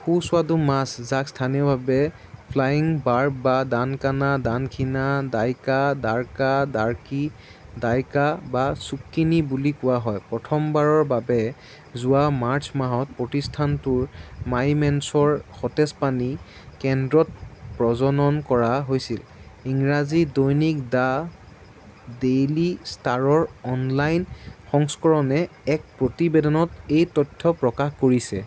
সুস্বাদু মাছ, যাক স্থানীয়ভাৱে ফ্লাইং বাৰ্ব বা ডানকানা, ডানখিনা, ডাইৰ্কা, দাৰ্কা, দাৰ্কি, ডাইৰ্কা বা চুক্কনী বুলি কোৱা হয়, প্ৰথমবাৰৰ বাবে যোৱা মাৰ্চ মাহত প্ৰতিষ্ঠানটোৰ মাইমেঞ্চৰ সতেজ পানী কেন্দ্ৰত প্ৰজনন কৰা হৈছিল। ইংৰাজী দৈনিক দ্য ডেইলী ষ্টাৰৰ অনলাইন সংস্কৰণে এক প্ৰতিবেদনত এই তথ্য প্ৰকাশ কৰিছে।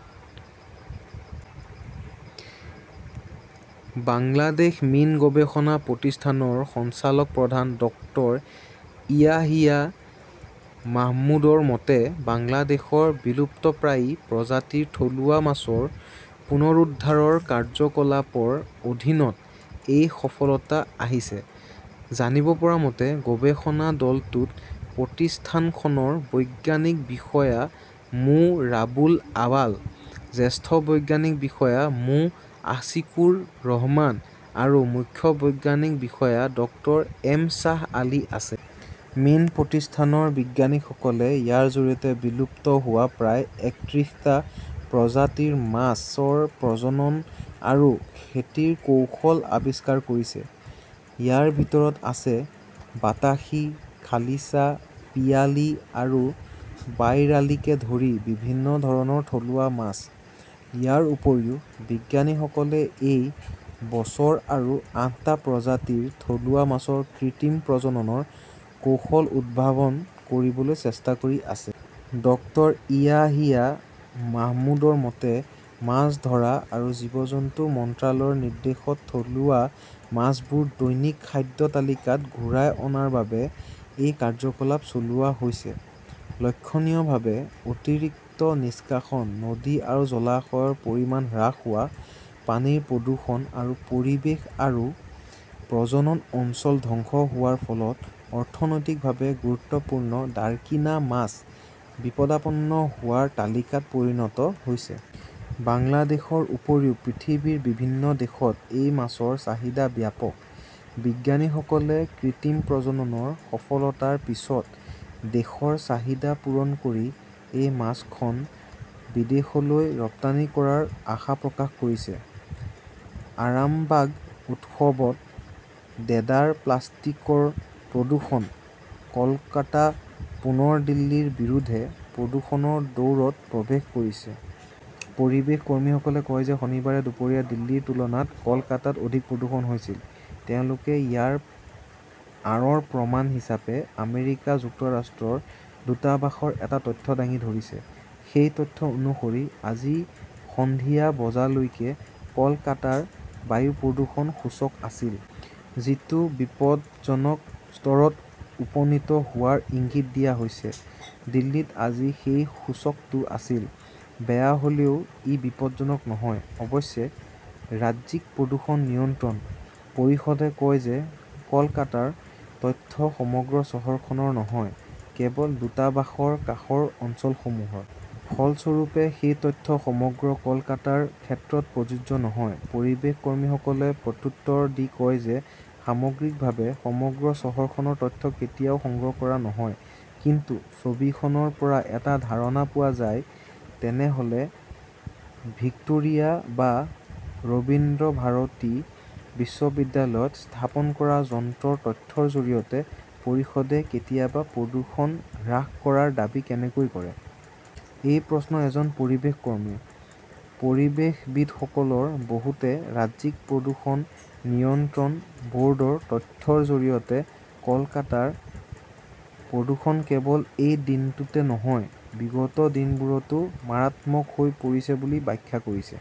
বাংলাদেশ মীন গৱেষণা প্ৰতিষ্ঠানৰ সঞ্চালক প্ৰধান ডক্টৰ ইয়াহিয়া মাহমুদৰ মতে, বাংলাদেশৰ বিলুপ্তপ্ৰায় প্ৰজাতিৰ থলুৱা মাছৰ পুনৰুদ্ধাৰৰ কাৰ্যকলাপৰ অধীনত এই সফলতা আহিছে। জানিব পৰা মতে, গৱেষণা দলটোত প্ৰতিষ্ঠানখনৰ বৈজ্ঞানিক বিষয়া মো ৰাবুল আৱাল, জ্যেষ্ঠ বৈজ্ঞানিক বিষয়া মো আশিকুৰ ৰহমান আৰু মুখ্য বৈজ্ঞানিক বিষয়া ডক্টৰ এম শ্বাহ আলী আছে। মীন প্ৰতিষ্ঠানৰ বিজ্ঞানীসকলে ইয়াৰ জৰিয়তে বিলুপ্ত হোৱা প্ৰায় একত্ৰিশটা প্ৰজাতিৰ মাছৰ প্ৰজনন আৰু খেতিৰ কৌশল আৱিষ্কাৰ কৰিছে। ইয়াৰ ভিতৰত আছে বাতাসী, খালিছা, পিয়ালী আৰু বাইৰালীকে ধৰি বিভিন্ন ধৰণৰ থলুৱা মাছ। ইয়াৰ উপৰিও, বিজ্ঞানীসকলে এই বছৰ আৰু আঠটা প্ৰজাতিৰ থলুৱা মাছৰ কৃত্ৰিম প্ৰজননৰ কৌশল উদ্ভাৱন কৰিবলৈ চেষ্টা কৰি আছে। ডক্টৰ ইয়াহিয়া মাহমুদৰ মতে, মাছ ধৰা আৰু জীৱজন্তু মন্ত্ৰালয়ৰ নিৰ্দেশত থলুৱা মাছবোৰ দৈনিক খাদ্য তালিকাত ঘূৰাই অনাৰ বাবে এই কাৰ্যকলাপ চলোৱা হৈছে। লক্ষণীয়ভাৱে, অতিৰিক্ত নিষ্কাশন, নদী আৰু জলাশয়ৰ পৰিমাণ হ্ৰাস হোৱা, পানীৰ প্ৰদূষণ আৰু পৰিৱেশ আৰু প্ৰজনন অঞ্চল ধ্বংস হোৱাৰ ফলত অৰ্থনৈতিকভাৱে গুৰুত্বপূৰ্ণ ডাৰ্কিনা মাছ বিপদাপন্ন হোৱাৰ তালিকাত পৰিণত হৈছে। বাংলাদেশৰ উপৰিও পৃথিৱীৰ বিভিন্ন দেশত এই মাছৰ চাহিদা ব্যাপক। বিজ্ঞানীসকলে কৃত্ৰিম প্ৰজননৰ সফলতাৰ পিছত দেশৰ চাহিদা পূৰণ কৰি এই মাছখন বিদেশলৈ ৰপ্তানি কৰাৰ আশা প্ৰকাশ কৰিছে। আৰামবাগ উৎসৱত দেদাৰ প্লাষ্টিকৰ প্ৰদূষণ। কলকাতা পুনৰ দিল্লীৰ বিৰুদ্ধে প্ৰদূষণৰ দৌৰত প্ৰৱেশ কৰিছে। পৰিৱেশ কৰ্মীসকলে কয় যে শনিবাৰে দুপৰীয়া দিল্লীৰ তুলনাত কলকাতাত অধিক প্ৰদূষণ হৈছিল। তেওঁলোকে ইয়াৰ আঁৰৰ প্ৰমাণ হিচাপে আমেৰিকা যুক্তৰাষ্ট্ৰৰ দূতাবাসৰ এটা তথ্য দাঙি ধৰিছে। সেই তথ্য অনুসৰি, আজি সন্ধিয়া বজালৈকে কলকাতাৰ বায়ু প্ৰদূষণ সূচক আছিল। যিটো বিপদজনক স্তৰত উপনীত হোৱাৰ ইংগিত দিয়া হৈছে। দিল্লীত আজি সেই সূচকটো আছিল। বেয়া হ'লেও ই বিপদজনক নহয়। অৱশ্যে, ৰাজ্যিক প্ৰদূষণ নিয়ন্ত্ৰণ পৰিষদে কয় যে কলকাতাৰ তথ্য সমগ্ৰ চহৰখনৰ নহয়, কেৱল দূতাবাসৰ কাষৰ অঞ্চলসমূহৰ। ফলস্বৰূপে, সেই তথ্য সমগ্ৰ কলকাতাৰ ক্ষেত্ৰত প্ৰযোজ্য নহয়। পৰিৱেশ কৰ্মীসকলে প্ৰত্যুত্তৰ দি কয় যে সামগ্ৰিকভাৱে সমগ্ৰ চহৰখনৰ তথ্য কেতিয়াও সংগ্ৰহ কৰা নহয়। কিন্তু ছবিখনৰ পৰা এটা ধাৰণা পোৱা যায়। তেনেহ'লে ভিক্টোৰিয়া বা ৰবীন্দ্ৰভাৰতী বিশ্ববিদ্যালয়ত স্থাপন কৰা যন্ত্ৰৰ তথ্যৰ জৰিয়তে পৰিষদে কেতিয়াবা প্ৰদূষণ হ্ৰাস কৰাৰ দাবী কেনেকৈ কৰে? এই প্ৰশ্ন এজন পৰিৱেশ কৰ্মীৰ। পৰিৱেশবিদসকলৰ বহুতে ৰাজ্যিক প্ৰদূষণ নিয়ন্ত্ৰণ ব'ৰ্ডৰ তথ্যৰ জৰিয়তে কলকাতাৰ প্ৰদূষণ কেৱল এই দিনটোতে নহয়, বিগত দিনবোৰতো মাৰাত্মক হৈ পৰিছে বুলি ব্যাখ্যা কৰিছে।